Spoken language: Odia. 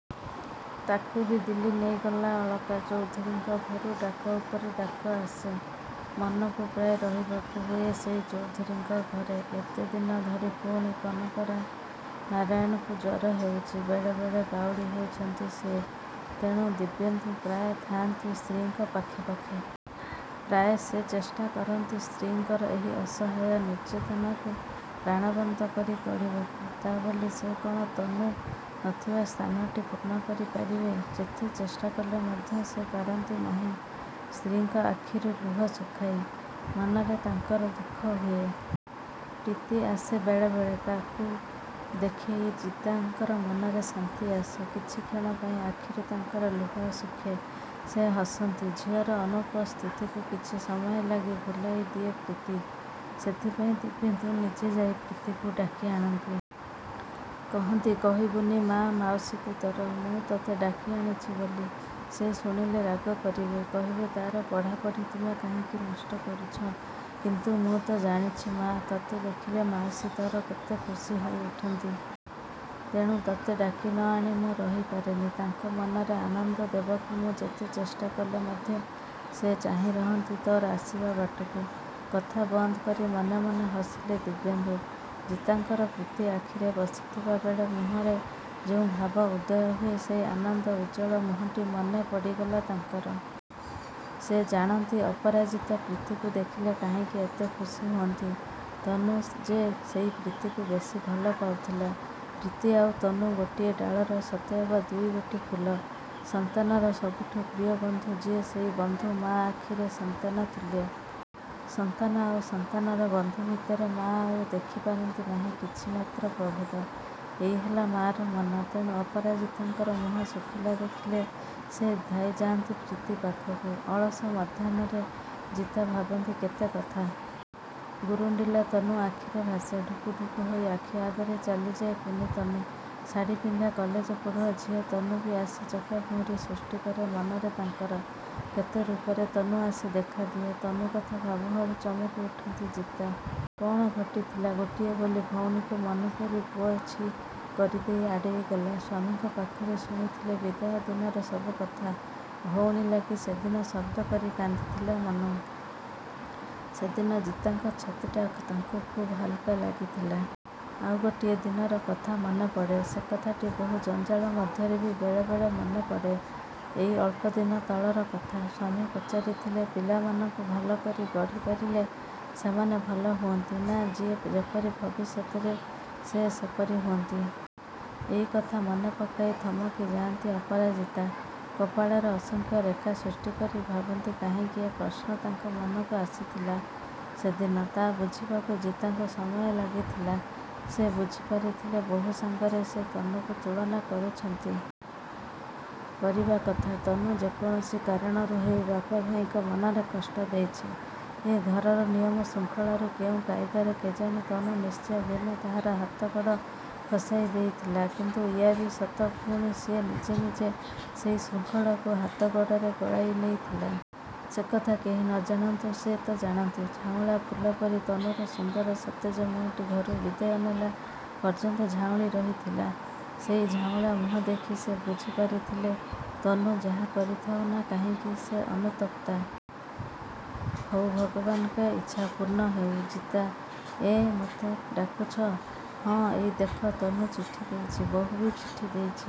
ତାକୁ ବି ଦିଲ୍ଲୀ ନେଇଗଲା ଅଳକା। ଚୌଧୁରୀଙ୍କ ଘରୁ ଡାକ ଉପରେ ଡାକ ଆସେ। ମନୁକୁ ପ୍ରାୟ ରହିବାକୁ ହୁଏ ସେହି ଚୌଧୁରୀଙ୍କ ଘରେ। ଏତେଦିନ ଧରି ପୁଣି କନକରାନାରାୟଣଙ୍କୁ ଜ୍ୱର ହେଉଛି। ବେଳେ ବେଳେ ବାଉଳି ହେଉଛନ୍ତି ସିଏ। ତେଣୁ, ଦିବ୍ୟେନ୍ଦୁ ପ୍ରାୟ ଥାଆନ୍ତି ସ୍ତ୍ରୀଙ୍କ ପାଖେ ପାଖେ। ପ୍ରାୟ ସେ ଚେଷ୍ଟା କରନ୍ତି ସ୍ତ୍ରୀଙ୍କର ଏହି ଅସହାୟ ନିର୍ଜେତନାକୁ ପ୍ରାଣବନ୍ତ କରି ତୋଳିବାକୁ। ତା' ବୋଲି ସେ କ'ଣ ତନୁ ନଥିବା ସ୍ଥାନଟି ପୂର୍ଣ୍ଣ କରି ପାରିବେ। ଯେତେ ଚେଷ୍ଟା କଲେ ମଧ୍ୟ ସେ ପାରନ୍ତି ନାହିଁ ସ୍ତ୍ରୀଙ୍କ ଆଖିରୁ ଲୁହ ଶୁଖାଇ। ମନରେ ତାଙ୍କର ଦୁଃଖ ହୁଏ। ପ୍ରୀତି ଆସେ ବେଳେ ବେଳେ। ତାକୁଇ ଦେଖେଇ ଜିତାଙ୍କର ମନରେ ଶାନ୍ତି ଆସେ। କିଛି କ୍ଷଣ ପାଇଁ ଆଖିରୁ ତାଙ୍କର ଲୁହ ଶୁଖେ। ସେ ହସନ୍ତି। ଝିଅର ଅନୁପସ୍ଥିତିକୁ କିଛି ସମୟ ଲାଗି ଭୁଲାଇ ଦିଏ ପ୍ରୀତି। ସେଥିପାଇଁ ଦିବ୍ୟେନ୍ଦୁ ନିଜେ ଯାଇ ପ୍ରୀତିକୁ ଡାକି ଆଣନ୍ତି। କହନ୍ତି କହିବୁନି ମାଆ ମାଉସୀକି ତୋର, ମୁଁ ତତେ ଡାକି ଆଣିଛି ବୋଲି। ସେ ଶୁଣିଲେ ରାଗ କରିବେ। କହିବେ ତା'ର ପଢ଼ା ପଢ଼ି ତୁମେ କାହିଁକି ନଷ୍ଟ କରୁଛ। କିନ୍ତୁ ମୁଁ ତ ଜାଣିଛି ମାଆ, ତତେ ଦେଖିଲେ ମାଉସୀ ତୋର କେତେ ଖୁସି ହୋଇ ଉଠନ୍ତି। ତେଣୁ ତତେ ଡାକି ନ ଆଣି ମୁଁ ରହି ପାରେନି। ତାଙ୍କ ମନରେ ଆନନ୍ଦ ଦେବାକୁ ମୁଁ ଯେତେ ଚେଷ୍ଟା କଲେ ମଧ୍ୟ ସେ ଚାହିଁ ରହନ୍ତି ତୋର ଆସିବା ବାଟକୁ। କଥା ବନ୍ଦ କରି ମନେ ମନେ ହସିଲେ ଦିବ୍ୟେନ୍ଦୁ। ଜିତାଙ୍କର ପ୍ରୀତି ପାଖରେ ବସିଥିବା ବେଳେ ମୁହଁରେ ଯେଉଁ ଭାବ ଉଦୟ ହୁଏ ସେହି ଆନନ୍ଦ ଉଜ୍ଜ୍ୱଳ ମୁହଁଟି ମନେ ପଡ଼ିଗଲା ତାଙ୍କର। ସେ ଜାଣନ୍ତି ଅପରାଜିତା ପ୍ରୀତିକୁ ଦେଖିଲେ କାହିଁକି ଏତେ ଖୁସି ହୁଅନ୍ତି। ତନୁ ଯେ ସେଇ ପ୍ରୀତିକୁ ବେଶୀ ଭଲ ପାଉଥିଲା। ପ୍ରୀତି ଆଉ ତନୁ, ଗୋଟିଏ ଡାଳର ସତେଅବା ଦୁଇଗୋଟି ଫୁଲ। ସନ୍ତାନର ସବୁଠୁ ପ୍ରିୟ ବନ୍ଧୁ ଯିଏ ସେଇ ବନ୍ଧୁ ମାଆ ଆଖିରେ ସନ୍ତାନ ତୁଲ୍ୟ। ସନ୍ତାନ ଆଉ ସନ୍ତାନର ବନ୍ଧୁ ଭିତରେ ମାଆ ଆଉ ଦେଖି ପାରନ୍ତି ନାହିଁ କିଛି ମାତ୍ର ପ୍ରଭେଦ। ଏଇ ହେଲା ମାଆର ମନ। ତେଣୁ ଅପରାଜିତାଙ୍କର ମୁହଁ ଶୁଖିଲା ଦେଖିଲେ ସେ ଧାଇଁ ଯାଆନ୍ତି ପ୍ରୀତି ପାଖକୁ। ଅଳସ ମଧ୍ୟାହ୍ନରେ ଜିତା ଭାବନ୍ତି କେତେ କଥା। ଗୁରୁଣ୍ଡିଲା ତନୁ ଆଖିରେ ଭାସେ। ଠୁକୁ ଠୁକୁ ହୋଇ ଆଖି ଆଗରେ ଚାଲିଯାଏ କୁନି ତନୁ। ଶାଢ଼ି ପିନ୍ଧା କଲେଜ ପଢ଼ୁଆ ଝିଅ ତନୁ ବି ଆସି ଚକାଭଉଁରୀ ସୃଷ୍ଟି କରେ ମନରେ ତାଙ୍କର। କେତେ ରୂପରେ ତନୁ ଆସି ଦେଖାଦିଏ। ତନୁ କଥା ଭାବୁ ଭାବୁ ଚମକି ଉଠନ୍ତି ଜିତା। କ'ଣ ଘଟିଥିଲା! ଗୋଟିଏ ବୋଲି ଭଉଣୀକୁ ମନୁ ପରି ପୁଅ ଛି କରିଦେଇ ଆଡ଼େଇ ଗଲା। ସ୍ୱାମୀଙ୍କ ପାଖରୁ ଶୁଣିଥିଲେ ବିଦାୟ ଦିନର ସବୁ କଥା। ଭଉଣୀ ଲାଗି ସେଦିନ ଶବ୍ଦ କରି କାନ୍ଦିଥିଲା ମନୁ। ସେଦିନ ଜିତାଙ୍କ ଛାତିଟା ତାଙ୍କୁ ଖୁବ୍ ହାଲୁକା ଲାଗିଥିଲା। ଆଉ ଗୋଟିଏ ଦିନର କଥା ମନେ ପଡ଼େ। ସେକଥାଟି ବହୁ ଜଞ୍ଜାଳ ମଧ୍ୟରେ ବି ବେଳେ ବେଳେ ମନେ ପଡ଼େ। ଏଇ ଅଳ୍ପ ଦିନ ତଳର କଥା। ସ୍ୱାମୀ ପଚାରିଥିଲେ ପିଲାମାନଙ୍କୁ ଭଲ କରି ଗଢ଼ି ପାରିଲେ ସେମାନେ ଭଲ ହୁଅନ୍ତି ନା ଯିଏ ଯେପରି ଭବିଷ୍ୟତରେ ସେ ସେପରି ହୁଅନ୍ତି? ଏଇ କଥା ମନେ ପକାଇ ଥମକି ଯାଆନ୍ତି ଅପରାଜିତା। କପାଳରେ ଅସଂଖ୍ୟ ରେଖା ସୃଷ୍ଟି କରି। ଭାବନ୍ତି କାହିଁକି ଏ ପ୍ରଶ୍ନ ତାଙ୍କ ମନକୁ ଆସିଥିଲା ସେଦିନ। ତା' ବୁଝିବାକୁ ଜିତାଙ୍କୁ ସମୟ ଲାଗିଥିଲା। ସେ ବୁଝି ପାରିଥିଲେ ବୋହୂ ସାଙ୍ଗରେ ସେ ତନୁକୁ ତୁଳନା କରୁଛନ୍ତି। କରିବା କଥା। ତନୁ ଯେକୌଣସି କାରଣରୁ ହେଉ ବାପା ଭାଇଙ୍କ ମନରେ କଷ୍ଟ ଦେଇଛି। ଏ ଘରର ନିୟମ ଶୃଙ୍ଖଳାରୁ କେଉଁ କାଇଦାରେ କେଜାଣି ତନୁ ନିଶ୍ଚୟ ଦିନେ ତାହାର ହାତ ଗୋଡ଼ ଖସାଇ ଦେଇଥିଲା। କିନ୍ତୁ ୟା ବି ସତ ପୁଣି ସିଏ ନିଜେ ନିଜେ ସେଇ ଶୃଙ୍ଖଳକୁ ହାତ ଗୋଡ଼ରେ ଗଳାଇ ନେଇଥିଲା। ସେକଥା କେହି ନ ଜାଣନ୍ତୁ ସେ ତ ଜାଣନ୍ତି। ଝାଉଁଳା ଫୁଲ ପରି ତନୁର ସୁନ୍ଦର ସତେଜ ମୁହଁଟି ଘରୁ ବିଦାୟ ନେଲା ପର୍ଯ୍ୟନ୍ତ ଝାଉଁଳି ରହିଥିଲା। ସେଇ ଝାଉଁଳା ମୁହଁ ଦେଖି ସେ ବୁଝି ପାରିଥିଲେ ତନୁ ଯାହା କରିଥାଉ ନା କାହିଁକି, ସେ ଅନୁତପ୍ତା। ହଉ ଭଗବାନଙ୍କ ଇଚ୍ଛା ପୂର୍ଣ୍ଣ ହେଉ। ଜିତା, ଏଁ, ମତେ ଡାକୁଛ? ହଁ, ଏଇ ଦେଖ ତନୁ ଚିଠି ଦେଇଛି, ବୋହୂ ବି ଚିଠି ଦେଇଛି!